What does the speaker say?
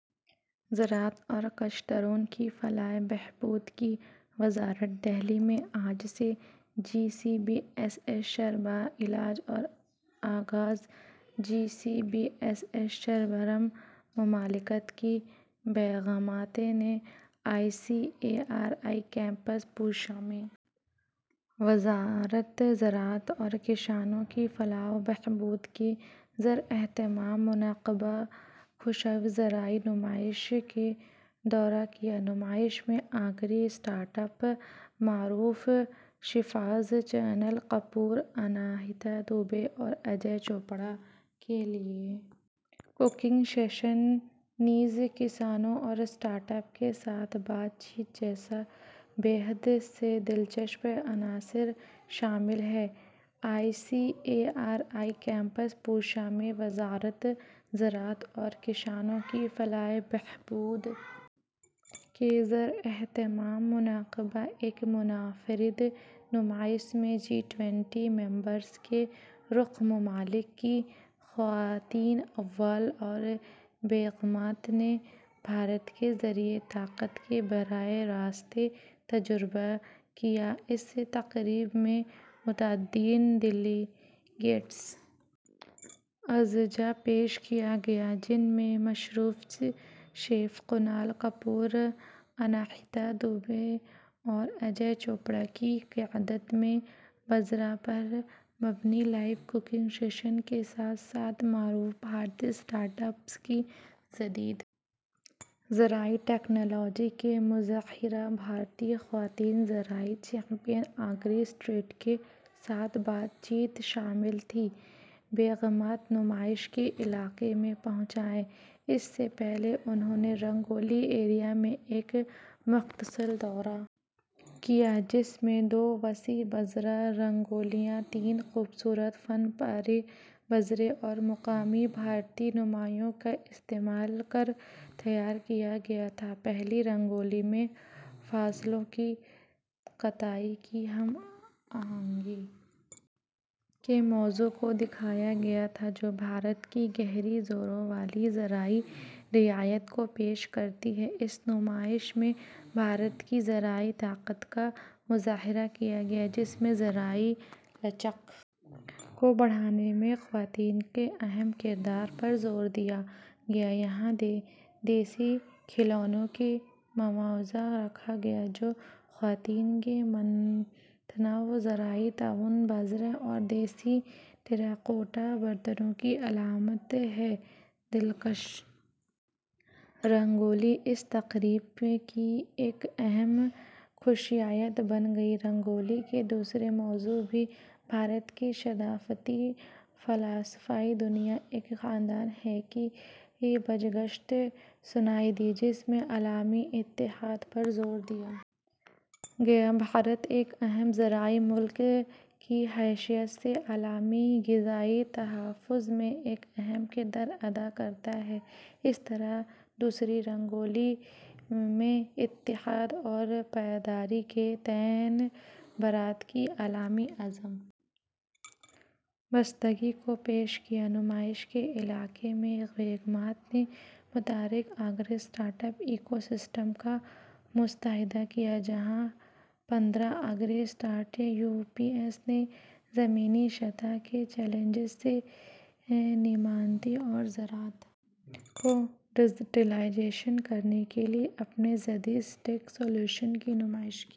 زراعت اور کاشتکاروں کی فلاح و بہبود کی وزارت دہلی میں آج سے جی بیس سربراہ اجلاس کا آغاز جی بیس سربراہان مملکت کی بیگمات نے I A R I campus Pusa میں وزارت زراعت اور کسانوں کی فلاح و بہبود کے زیر اہتمام منعقدہ خصوصی زرعی نمائش کا دورہ کیا نمائش میں ایگری اسٹریٹ معروف شیفز کنال کپور اناہیتا ڈھونڈی اور اجے چوپڑا کے لائیو ککنگ سیشن نیز کسانوں اور اسٹارٹ اپ کے ساتھ بات چیت جیسے بہت سے دلچسپ عناصر شامل ہیں I A R I campus Pusa میں وزارت زراعت اور کسانوں کی فلاح و بہبود کے زیر اہتمام منعقدہ ایک منفرد نمائش میں جی بیس کے رکن ممالک کی خواتین اول اور بیگمات نے بھارت کی زرعی طاقت کا براہ راست تجربہ کیا اس تقریب میں متعدد دلکش اجزا پیش کیے گئے جن میں مشہور شیف کنال کپور اناہیتا ڈھونڈی اور اجے چوپڑا کی قیادت میں باجرا پر مبنی لائیو ککنگ سیشن کے ساتھ ساتھ معروف بھارتی اسٹارٹ اپس کی جدید زرعی ٹکنالوجی کا مظاہرہ بھارتی خواتین زرعی چیمپیئنز ایگری اسٹریٹ کے ساتھ بات چیت شامل تھی بیگمات نمائش کے علاقے میں پہنچیں اس سے پہلے انہوں نے رنگولی ایریا میں ایک مختصر دورہ کیا جس میں دو وسیع باجرا رنگولیاں تھیں خوبصورت فن پارے باجرے اور مقامی بھارتی نمونوں کا استعمال کر کے تیار کیے گئے تھے پہلی رنگولی میں فصلوں کی کٹائی کی ہم آہنگی کے موضوع کو دکھایا گیا تھا جو بھارت کی گہری جڑوں والی زرعی روایات کو پیش کرتی ہے اس نمائش میں بھارت کی زرعی طاقت کا مظاہرہ کیا گیا جس میں زرعی لچک کو بڑھانے میں خواتین کے اہم کردار پر زور دیا گیا یہاں دیسی کھلونوں کا مجموعہ رکھا گیا جو خواتین کے متنوع زرعی تعاون باجرا اور دیہی ٹیراکوٹا برتنوں کی علامت ہے دلکش رنگولی اس تقریب کی ایک اہم خصوصیت بن گئی رنگولی کے دوسرے موضوع میں بھارت کے ثقافتی فلسفے دنیا ایک خاندان ہے کی بازگشت سنائی دی جس میں عالمی اتحاد پر زور دیا گیا بھارت ایک اہم زرعی ملک کی حیثیت سے عالمی غذائی تحفظ میں ایک اہم کردار ادا کرتا ہے اس طرح دوسری رنگولی نے اتحاد اور پائیداری کے تئیں بھارت کی عالمی عزم بستگی کو پیش کیا نمائش کے علاقے میں بیگمات نے متحرک agri startup ecosystem کا مشاہدہ کیا جہاں پندرہ ایگری اسٹارٹ اپس نے زمینی سطح کے چیلنجوں سے نمٹنے اور زراعت کو ڈیجیٹلائز کرنے کے لیے اپنے جدید ٹیک سلوشنز کی نمائش کی